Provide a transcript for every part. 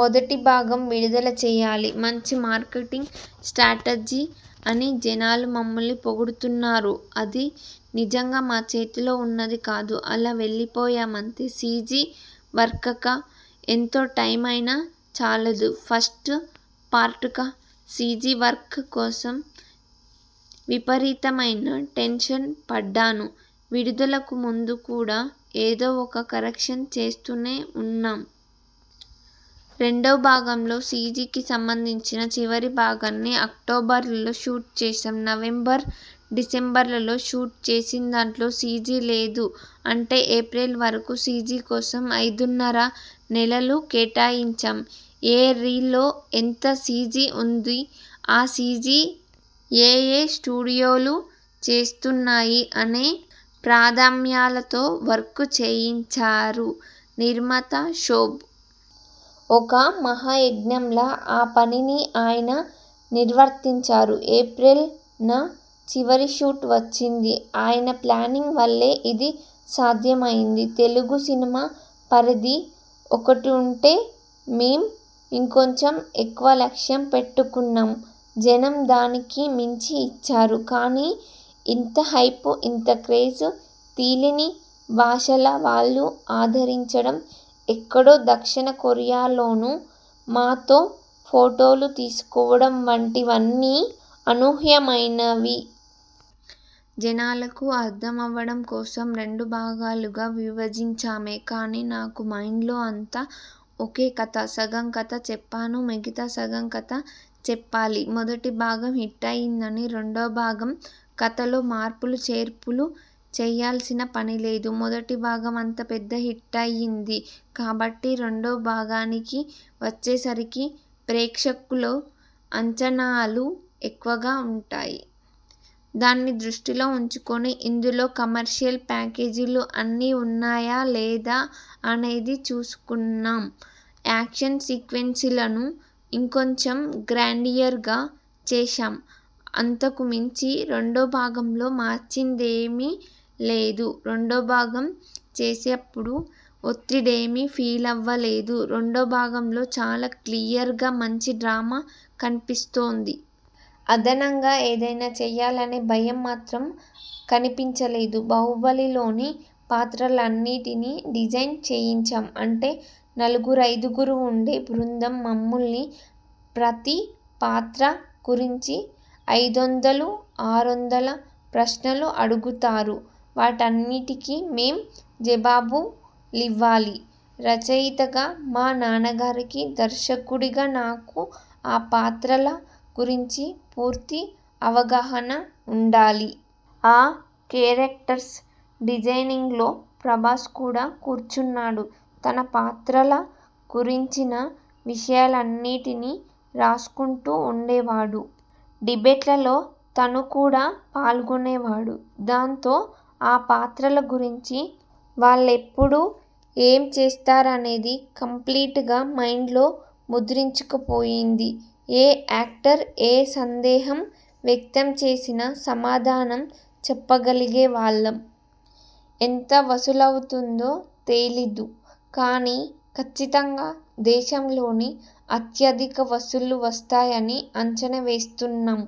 మొదటి భాగం విడుదల చేయాలి. మంచి మార్కెటింగ్ స్ట్రాటజీ అని జనాలు మమ్మల్ని పొగుడుతున్నారో అది నిజంగా మా చేతిలో ఉన్నది కాదు. అలా వెళ్లిపోయామంతే. సీజీ వర్క్కు ఎంత టైమైనా చాలదు. ఫస్ట్ పార్ట్కు సీజీ వర్క్ కోసం విపరీతమైన టెన్షన్ పడ్డాను. విడుదలకు ముందు కూడా ఏదో ఒక కరెక్షన్ చేస్తూనే ఉన్నాం. రెండో భాగంలో సీజీకి సంబంధించిన చివరి భాగాన్ని అక్టోబర్లో షూట్ చేశాం. నవంబర్, డిసెంబర్లో షూట్ చేసినదాంట్లో సీజీ లేదు. అంటే ఏప్రిల్ వరకు సీజీ కోసం ఐదున్నర నెలలు కేటాయించాం. ఏ రీల్లో ఎంత సీజీ ఉంది, ఆ సీజీ ఏయే స్టూడియోలు చేస్తున్నాయి అనే ప్రాధమ్యాలతో వర్క్ చేయించారు నిర్మాత శోభు. ఒక మహాయజ్ఞంలా ఆ పనిని ఆయన నిర్వర్తించారు. ఏప్రిల్ న చివరి షాట్ వచ్చింది. ఆయన ప్లానింగ్ వల్లే ఇది సాధ్యమైంది. తెలుగు సినిమా పరిధి ఒకటుంటే, మేం ఇంకొంచెం ఎక్కువ లక్ష్యం పెట్టుకొన్నాం. జనం దానికి మించి ఇచ్చారు. కానీ ఇంత హైప్, ఇంత క్రేజ్, తెలీని భాషల వాళ్లూ ఆదరించడం, ఎక్కడో దక్షిణ కొరియాలోనూ మాతో ఫొటోలు తీసుకోవడం వంటివన్నీ అనూహ్యమైనవి. జనాలకు అర్థమవడం కోసం రెండు భాగాలుగా విభజించామే కానీ, నాకు మైండ్లో అంతా ఒకే కథ. సగం కథ చెప్పాను మిగతా సగం కథ చెప్పాలి. మొదటి భాగం హిట్టయ్యిందని రెండో భాగం కథలో మార్పులు చేర్పులూ చేయాల్సిన పనిలేదు. మొదటి భాగం అంత పెద్ద హిట్టయ్యింది కాబట్టి రెండో భాగానికి వచ్చేసరికి ప్రేక్షకుల అంచనాలు ఎక్కువగా ఉంటాయి. దాన్ని దృష్టిలో ఉంచుకొని ఇందులో కమర్షియల్ ప్యాకేజీలు అన్నీ ఉన్నాయా, లేదా అనేది చూసుకున్నాం. యాక్షన్ సీక్వెన్స్లను ఇంకొంచెం గ్రాండియర్గా చేశాం. అంతకు మించి రెండో భాగంలో మార్చిందేమీ లేదు. రెండో భాగం చేసేప్పుడు ఒత్తిడేమీ ఫీలవలేదు. రెండో భాగంలో చాలా క్లియర్గా మంచి డ్రామా కనిపిస్తోంది. అదనంగా ఏదైనా చెయ్యాలనే భయం మాత్రం కనిపించలేదు. 'బాహుబలి'లోని పాత్రలనన్నింటినీ డిజైన్ చేయించాం. అంటే నలుగురైదుగురు ఉండే బృందం మమ్మల్ని ప్రతి పాత్ర గురించీ ఐదొందలు, ఆరొందల ప్రశ్నలు అడుగుతారు. వాటన్నింటికీ మేం జవాబులివ్వాలి. రచయితగా మా నాన్నగారికీ, దర్శకుడిగా నాకూ ఆ పాత్రల గురించి పూర్తి అవగాహన ఉండాలి. ఆ కేరక్టర్స్ డిజైనింగ్లో ప్రభాస్ కూడా కూర్చున్నాడు. తన పాత్రల గురించిన విషయాలన్నింటినీ రాసుకుంటూ ఉండేవాడు. డిబేట్లో తను కూడా పాల్గొనేవాడు. దాంతో ఆ పాత్రల గురించి, వాళ్లెప్పుడు ఏం చేస్తారనేది కంప్లీట్గా మైండ్లో ముద్రించుకుపోయింది. ఏ యాక్టర్ ఏ సందేహం వ్యక్తం చేసినా, సమాధానం చెప్పగలిగేవాళ్లం. ఎంత వసూలవుతుందో తెలీదు కానీ, కచ్చితంగా దేశంలోనే అత్యధిక వసూళ్లు వస్తాయని అంచనా వేస్తున్నాం.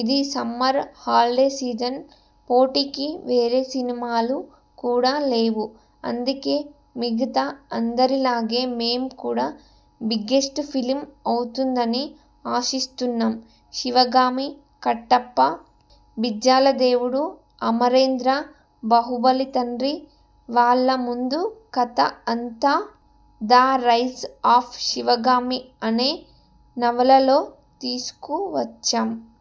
ఇది సమ్మర్ హాలిడే సీజన్. పోటీకి వేరే సినిమాలు కూడా లేవు. అందుకే మిగతా అందరిలాగే మేం కూడా బిగ్గెస్ట్ ఫిల్మ్ అవుతుందని ఆశిస్తున్నాం. శివగామి, కట్టప్ప, బిజ్జలదేవుడు, అమరేంద్ర బాహుబలి తండ్రి, వాళ్ల ముందు కథ అంతా 'ద రైజ్ ఆఫ్ శివగామి' అనే నవలలో తీసుకు వచ్చాం.